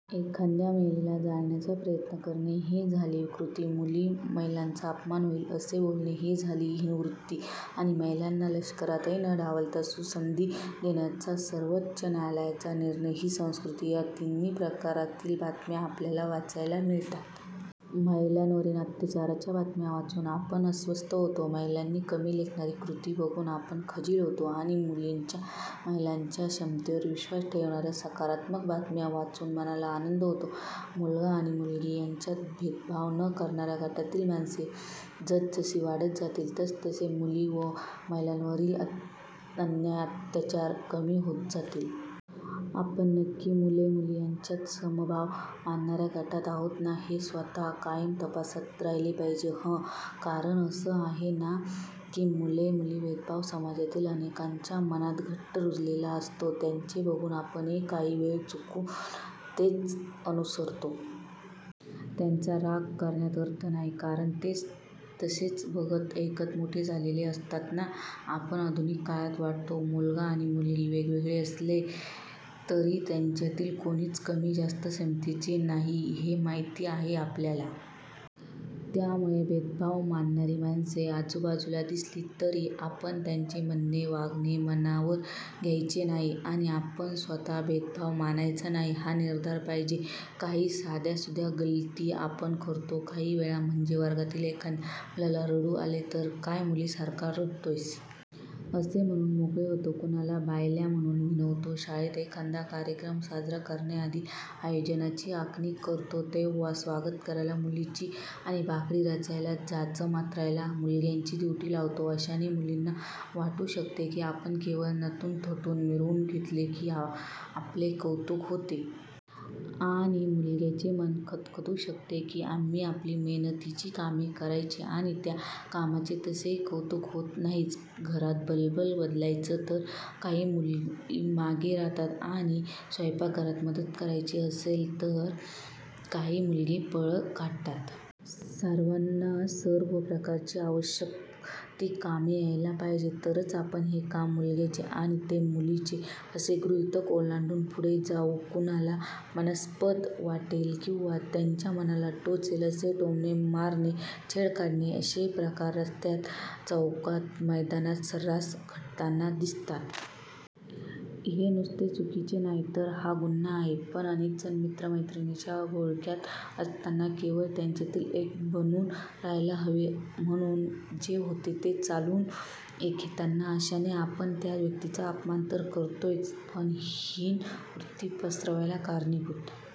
एखाद्या महिलेला जाळण्याचा प्रयत्न करणे, ही झाली विकृती. मुली-महिलांचा अपमान होईल असे बोलणे, ही झाली हीन-वृत्ती आणि महिलांना लष्करातही न डावलता, सुसंधी देण्याचा सर्वोच्च न्यायालयाचा निर्णय ही संस्कृती! या तिन्ही प्रकारांतील बातम्या आपल्याला वाचायला मिळतात. महिलांवरील अत्याचाराच्या बातम्या वाचून आपण अस्वस्थ होतो. महिलांना कमी लेखणारी कृती बघून आपण खजील होतो; आणि मुलींच्या, महिलांच्या क्षमतेवर विश्वास ठेवणाऱ्या सकारात्मक बातम्या वाचून मनाला आनंद होतो. मुलगा आणि मुलगी यांच्यात भेदभाव न करणाऱ्या गटातील माणसे जसजशी वाढत जातील, तसतसे मुली व महिलांवरील अन्याय, अत्याचार कमी होत जातील. आपण नक्की मुले-मुली यांच्यात समभाव मानणाऱ्या गटात आहोत ना, हे स्वत: कायम तपासात राहिले पाहिजे हं! कारण असे आहे ना की, मुले-मुली भेदभाव समाजातील अनेकांच्या मनात घट्ट रुजलेला असतो. त्यांचे बघून आपणही काही वेळा चुकून तेच अनुसरतो. त्यांचा राग करण्यात अर्थ नाही, कारण ते तसेच बघत, ऐकत मोठे झालेले असतात ना! आपण आधुनिक काळात वाढतोय. मुलगा आणि मुलगी वेगवेगळे असले तरी त्यांच्यातील कोणीच कमी-जास्त क्षमतेचे नाही, हे माहिती आहे आपल्याला. त्यामुळे भेदभाव मानणारी माणसे आजूबाजूला दिसली तरी आपण त्यांचे म्हणणे, वागणे मनावर घ्यायचे नाही आणि आपण स्वत: भेदभाव मानायचा नाही, हा निर्धार पाहिजे. काही साध्यासुध्या गल्लती आपण करतो काही वेळा. म्हणजे वर्गातील एखाद्या मुलाला रडू आले तर, "काय मुलीसारखं रडतोयस? " असे म्हणून मोकळे होतो. कुणाला 'बायल्या' म्हणून हिणवतो. शाळेत एखादा कार्यक्रम साजरा करण्याआधी आयोजनाची आखणी करतो तेव्हा स्वागत करायला मुलींची; आणि बाकडी रचायला, जाजम अंथरायला मुलग्यांची ड्युटी लावतो. अशाने मुलींना वाटू शकते की, आपण केवळ नटूनथटून मिरवून घेतले की आपले कौतुक होते! आणि मुलग्यांचे मन खदखदू शकते की, आम्ही आपली मेहनतीची कामे करायची आणि त्या कामाचे तसेही कौतुक होत नाहीच. घरात बल्ब बदलायचाय तर काही मुली मागे राहतात आणि स्वयंपाकघरात मदत करायची असेल तर काही मुलगे पळ काढतात. सर्वांना सर्व प्रकारची आवश्यक ती कामे यायला पाहिजेत, तरच आपण 'हे काम मुलग्याचे आणि ते मुलीचे' असे गृहीतक ओलांडून पुढे जाऊ. कुणाला अपमानास्पद वाटेल किंवा त्यांच्या मनाला टोचेल असे टोमणे मारणे, छेड काढणे असे प्रकार रस्त्यात, चौकात, मैदानात सर्रास घडताना दिसतात. हे नुसते चुकीचे नाही, तर हा गुन्हा आहे. पण अनेकजण मित्र-मैत्रिणींच्या घोळक्यात असताना, केवळ त्यांच्यातील एक बनून राहायला हवे म्हणून, जे होते ते चालवून घेतात. अशाने आपण त्या व्यक्तीचा अपमान तर करतोच, पण हीन वृत्ती पसरवायला कारणीभूत